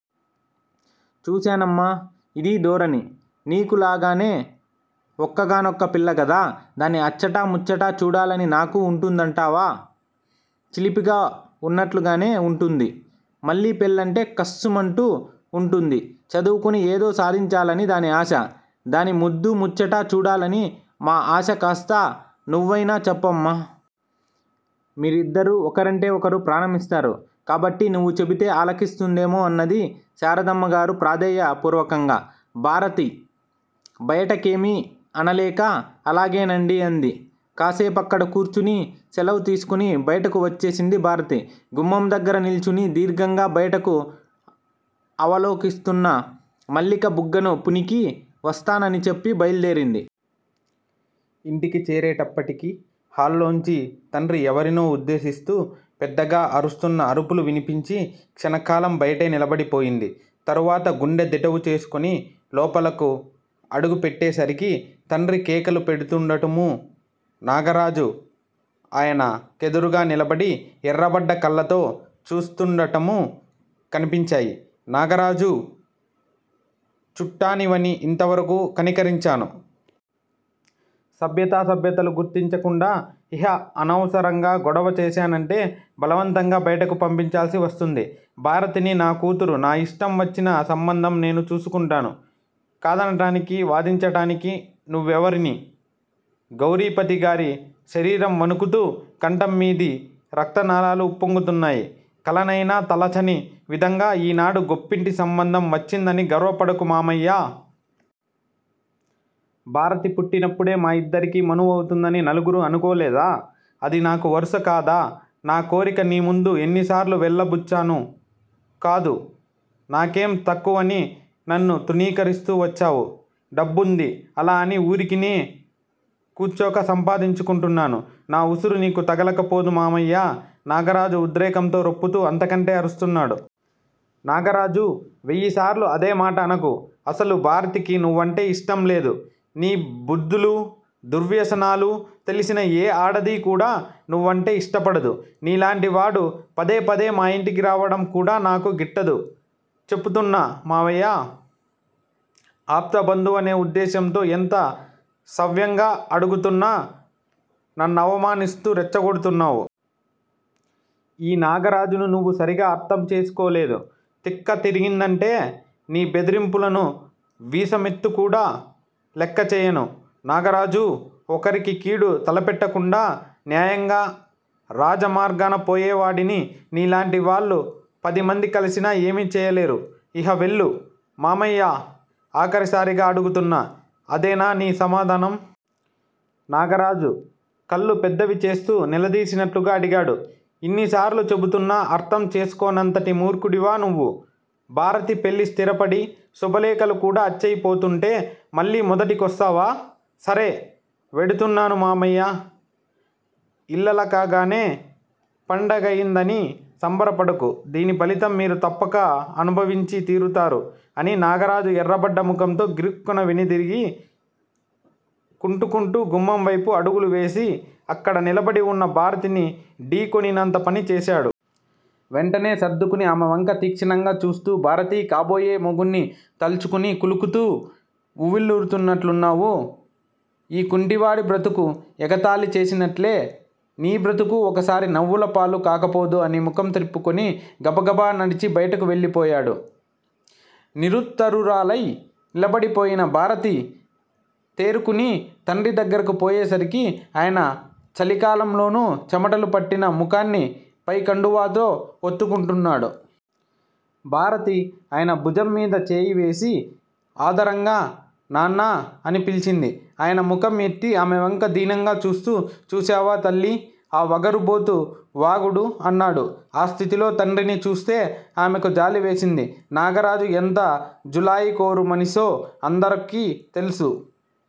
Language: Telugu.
చూశానమ్మా, ఇదీ ధోరణి? నీకు లాగానే ఒక్కగానొక్క పిల్ల కదా. దాన్ని అచ్చటా ముచ్చటా చూడాలని నాకు వుంటుందంటావా? చిలిపిగా వున్నట్లుగానే వుంటుంది. మళ్ళీ పెళ్ళంటే కస్సుమంటూ వుంటుంది. చదువుకుని ఏదో సాధించాలని దాని ఆశ. దాని ముద్దూ ముచ్చటా చూడాలని మా ఆశ కాస్త నువ్వయినా చెప్పమ్మా. మీరిద్దరూ ఒకరంటే ఒకరు ప్రాణమిస్తారు కాబట్టి నువ్వు చెబితే అలకిస్తుందేమో అన్నది శారదమ్మ గారు ప్రాధేయ పూర్వకంగా. భారతి బయటకేమీ అనలేక అలాగేనండి అంది. కాసేపక్కడ కూర్చుని సెలవు తీసుకుని బయటకు వచ్చేసింది భారతి. గుమ్మం దగ్గర నిల్చుని దీర్ఘంగా బయటకు అవలోకిస్తున్న మల్లిక బుగ్గను పుణికి, వస్తానని చెప్పి బయల్దేరింది. ఇంటికి చేరేటప్పటికి హాల్లోంచి, తండ్రి ఎవరినో ఉద్దేశిస్తూ పెద్దగా అరుస్తున్న అరుపులు వినిపించి క్షణకాలం బయటే నిలబడిపోయింది. తరువాత గుండె దిటవు చేసుకుని లోపలకు అడుగు పెట్టేసరికి, తండ్రి కేకలు పెడుతూండటమూ, నాగరాజు ఆయన కెదురుగా నిలబడి ఎర్రబడ్డ కళ్ళతో చూస్తుండటమూ కనిపించాయి. నాగరాజూ! చుట్టానివని ఇంతవరకూ కనికరించాను. సభ్యతా సభ్యతలు గుర్తించ కుండా ఇహ అనవసరంగా గొడవ చేశానంటే బలవంతంగా బయటకు పంపించాల్సి వస్తుంది. భారతిని నా కూతురు నా ఇష్టం వచ్చిన సంబంధం నేను చేసుకుంటాను కాదనటానికీ, వాదించటానికీ నువ్వెవరిని? గౌరీపతి గారి శరీరం వణుకుతూ, కంఠం మీది రక్తనాళాలు ఉప్పొంగుతున్నాయి. కలనైనా తలచని విధంగా ఈనాడు గొప్పింటి సంబంధం వచ్చిందని గర్వపడకు మామయ్యా! భారతి పుట్టినప్పుడే మా ఇద్దరికీ మనువవుతుందని నలుగురూ అనుకోలేదా? అది నాకు వరుస కాదా? నా కోరిక నీ ముందు ఎన్నిసార్లు వెళ్ళబుచ్చాను కాదు? నాకేం తక్కువని నన్ను తృణీకరిస్తూ వచ్చావు? డబ్బుంది. అలా అని ఊరికినే కూచోక సంపాదించుకుంటున్నాను నా ఉసురు నీకు తగలక పోదు మామయ్యా నాగరాజు ఉద్రేకంతో రొప్పుతూ అంతకంటే అరుస్తున్నాడు. నాగరాజూ వెయ్యిసార్లు అదే మాట అనకు. అసలు భారతికి నువ్వంటే ఇష్టంలేదు. నీ బుద్ధులూ, దుర్వ్యసనాలూ తెలిసిన ఏ ఆడదీ కూడా నువ్వంటే ఇష్టపడదు నీలాంటి వాడు పదే పదే మా ఇంటికి రావటం కూడా నాకు గిట్టదు, చెపుతున్నా మామయ్యా! ఆప్త బంధువనే ఉద్దేశ్యంతో ఎంత సవ్యంగా అడుగుతున్నా నన్నవమానిస్తూ రెచ్చగొడుతున్నావు. ఈ నాగరాజును నువ్వు సరిగా అర్ధం చేసుకోలేదు తిక్క తిరిగిందంటే నీ బెదిరింపులను వీసమెత్తుకూడా లెక్కచేయను. నాగరాజూ! ఒకరికి కీడు తలపెట్టకుండా, న్యాయంగా రాజమార్గాన పోయేవాడిని, నీ లాంటి వాళ్ళు పదిమంది కలసినా ఏమీ చేయలేరు. ఇహ వెళ్ళు. మామయ్యా! ఆఖరిసారిగా అడుగుతున్నా. అదేనా నీ సమాధానం? నాగరాజు కళ్ళు పెద్దవిచేస్తూ నిలదీసినట్లుగా అడిగాడు. ఇన్నిసార్లు చెబుతున్నా అర్ధం చేసుకోనంతటి మూర్ఖుడివా నువ్వు? భారతి పెళ్ళి స్థిరపడి, శుభలేఖలు కూడా అచ్చయిపోతుంటే మళ్ళీ మొదటికొస్తావా? సరే. వెడుతున్నాను మామయ్యా. ఇల్లలకగానే పండగయిందని సంబరపడకు దీని ఫలితం మీరు తప్పక అనుభవించి తీరుతారు అని నాగరాజు ఎర్రబడ్డ ముఖంతో గిరుక్కున వెనుదిరిగి, కుంటుకుంటూ గుమ్మం వైపు అడుగులు వేసి అక్కడ నిలబడివున్న భారతిని ఢీ కొనినంత పని చేశాడు. వెంటనే సర్దుకుని ఆమెవంక తీక్షణంగా చూస్తూ, భారతీ కాబోయే మొగుణ్ణి తలుచుకుని కులుకుతూ, ఉవ్విళ్లూరుతున్నట్లున్నావు. ఈ కుంటివాడి బ్రతుకు ఎగతాళి చేసినట్లే నీ బ్రతుకూ ఒకసారి నవ్వులపాలు కాకపోదు అని ముఖం త్రిప్పుకుని, గబగబా నడిచి బయటకు వెళ్ళిపోయాడు. నిరుత్తరురాలై నిలబడిపోయిన భారతి, తేరుకుని తండ్రి దగ్గరకు పోయేసరికి, ఆయన చలికాలంలోనూ చెమటలు పట్టిన ముఖాన్ని పైకండువాతో ఒత్తుకుంటున్నాడు. భారతి ఆయన భుజంమీద చేయివేసి ఆదరంగా నాన్నా! అని పిలిచింది. అయన ముఖం ఎత్తి ఆమెవంక దీనంగా చూస్తూ చూశావా, తల్లీ. ఆ వగరుబోతు వాగుడు? అన్నాడు. ఆ స్థితిలో తండ్రిని చూస్తే ఆమెకు జాలివేసింది. నాగరాజు ఎంత జులాయికోరు మనిషో అందరకి తెలుసు.